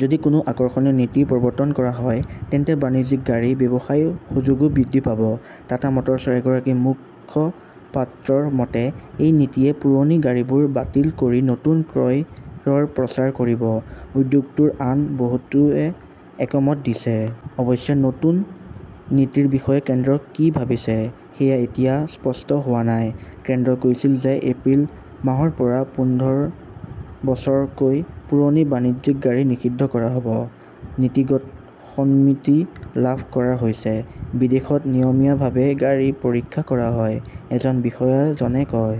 যদি কোনো আকৰ্ষণীয় নীতি প্ৰৱৰ্তন কৰা হয়, তেন্তে বাণিজ্যিক গাড়ী ব্যৱসায়ৰ সুযোগো বৃদ্ধি পাব। টাটা মটৰ্ছৰ এগৰাকী মুখপাত্ৰৰ মতে, এই নীতিয়ে পুৰণি গাড়ীবোৰ বাতিল কৰি নতুন ক্ৰয়ৰ প্ৰচাৰ কৰিব। উদ্যোগটোৰ আন বহুতে একমত দিছে। অৱশ্যে নতুন নীতিৰ বিষয়ে কেন্দ্ৰই কি ভাবিছে, সেয়া এতিয়াও স্পষ্ট হোৱা নাই। কেন্দ্ৰই কৈছিল যে, এপ্ৰিল মাহৰ পৰা পোন্ধৰ বছৰতকৈ পুৰণি বাণিজ্যিক গাড়ী নিষিদ্ধ কৰা হব। নীতিগত সন্মতি লাভ কৰা হৈছে। "বিদেশত নিয়মীয়াভাৱে গাড়ী পৰীক্ষা কৰা হয়", এজন বিষয়াজনে কয়।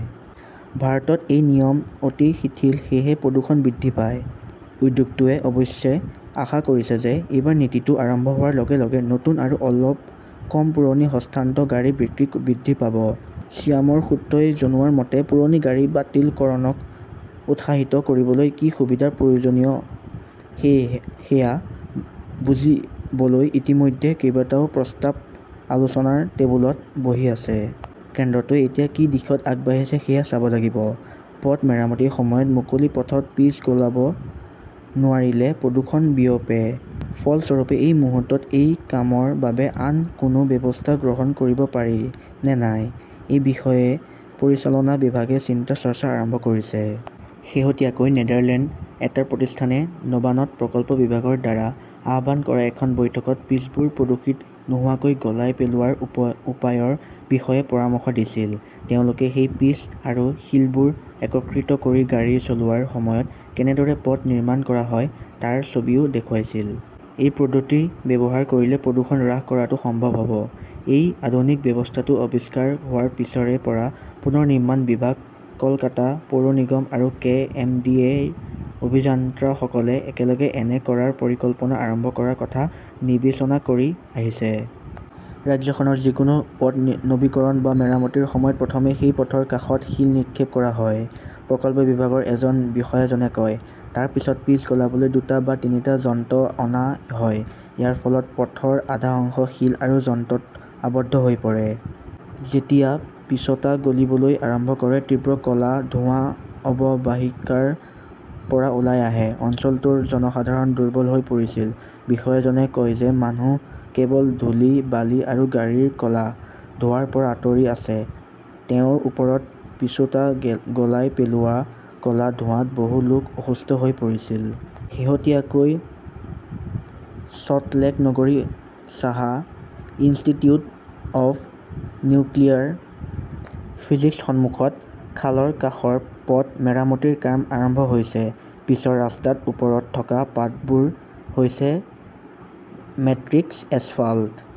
ভাৰতত এই নিয়ম অতি শিথিল, সেয়েহে প্ৰদূষণ বৃদ্ধি পায়। "উদ্যোগটোৱে অৱশ্যে আশা কৰিছে যে, এইবাৰ নীতিটো আৰম্ভ হোৱাৰ লগে লগে নতুন আৰু অলপ কম পুৰণি হস্তান্তৰ গাড়ীৰ বিক্ৰী বৃদ্ধি পাব। ছিয়ামৰ সূত্ৰই জনোৱা মতে, পুৰণি গাড়ী বাতিলকৰণক উৎসাহিত কৰিবলৈ কি সুবিধা প্ৰয়োজনীয়, সেয়া বুজিবলৈ ইতিমধ্যে কেইবাটাও প্ৰস্তাৱ আলোচনাৰ টেবুলত বহি আছে। কেন্দ্ৰটোৱে এতিয়া কি দিশত আগবাঢ়িছে সেয়া চাব লাগিব। পথ মেৰামতিৰ সময়ত মুকলি পথত পিচ গলাব নোৱাৰিলে প্ৰদূষণ বিয়পে। ফলস্বৰূপে, এই মুহূৰ্তত এই কামৰ বাবে আন কোনো ব্যৱস্থা গ্ৰহণ কৰিব পাৰি নে নাই, সেই বিষয়ে পৰিচালনা বিভাগে চিন্তা-চৰ্চা আৰম্ভ কৰিছে। শেহতীয়াকৈ নেদাৰলেণ্ডৰ এটা প্ৰতিষ্ঠানে নবানত প্ৰকল্প বিভাগৰ দ্বাৰা আহ্বান কৰা এখন বৈঠকত পিচবোৰ প্ৰদূষিত নোহোৱাকৈ গলাই পেলোৱাৰ উপায়ৰ বিষয়ে পৰামৰ্শ দিছিল। তেওঁলোকে সেই পিচ আৰু শিলবোৰ একত্ৰিত কৰি গাড়ী চলোৱাৰ সময়ত কেনেদৰে পথ নিৰ্মাণ কৰা হয়, তাৰ ছবিও দেখুৱাইছিল। এই পদ্ধতি ব্যৱহাৰ কৰিলে প্ৰদূষণ হ্ৰাস কৰাটো সম্ভৱ হব। এই আধুনিক ব্যৱস্থাটো আৱিষ্কাৰ হোৱাৰ পিছৰে পৰা পুনৰ নিৰ্মাণ বিভাগ, কলকাতা পৌৰ নিগম আৰু কে. এম. ডি. এ. -ৰ অভিযন্তাসকলে একেলগে এনে কৰাৰ পৰিকল্পনা আৰম্ভ কৰাৰ কথা বিবেচনা কৰি আহিছে। ৰাজ্যখনৰ যিকোনো পথৰ নৱীকৰণ বা মেৰামতিৰ সময়ত প্ৰথমে সেই পথৰ কাষত শিল নিক্ষেপ কৰা হয়", প্ৰকল্প বিভাগৰ এজন বিষয়াজনে কয়। তাৰ পিছত পিচ গলাবলৈ দুটা বা তিনিটা যন্ত্ৰ অনা হয়। ইয়াৰ ফলত পথৰ আধা অংশ শিল আৰু যন্ত্ৰত আবদ্ধ হৈ পৰে। যেতিয়া পিচটো গলিবলৈ আৰম্ভ কৰে, তীব্ৰ ক'লা ধোঁৱা অৱবাহিকাৰ পৰা ওলাই আহে। অঞ্চলটোৰ জনসাধাৰণ দুৰ্বল হৈ পৰিছিল। বিষয়াজনে কয় যে, মানুহ কেৱল ধূলি, বালি আৰু গাড়ীৰ ক'লা ধোঁৱাৰ পৰা আঁতৰি আছে। তেওঁৰ ওপৰত পিচটো গলাই পেলোৱা ক'লা ধোঁৱাত বহু লোক অসুস্থ হৈ পৰিছিল। শেহতীয়াকৈ চল্টলেক নগৰীৰ চাহা ইনষ্টিটিউট অৱ নিউক্লিয়াৰ ফিজিক্সৰ সন্মুখত খালৰ কাষৰ পথ মেৰামতিৰ কাম আৰম্ভ হৈছে। পিচৰ ৰাস্তাৰ ওপৰত থকা পাতবোৰ হৈছে মেষ্টিক এছফল্ট।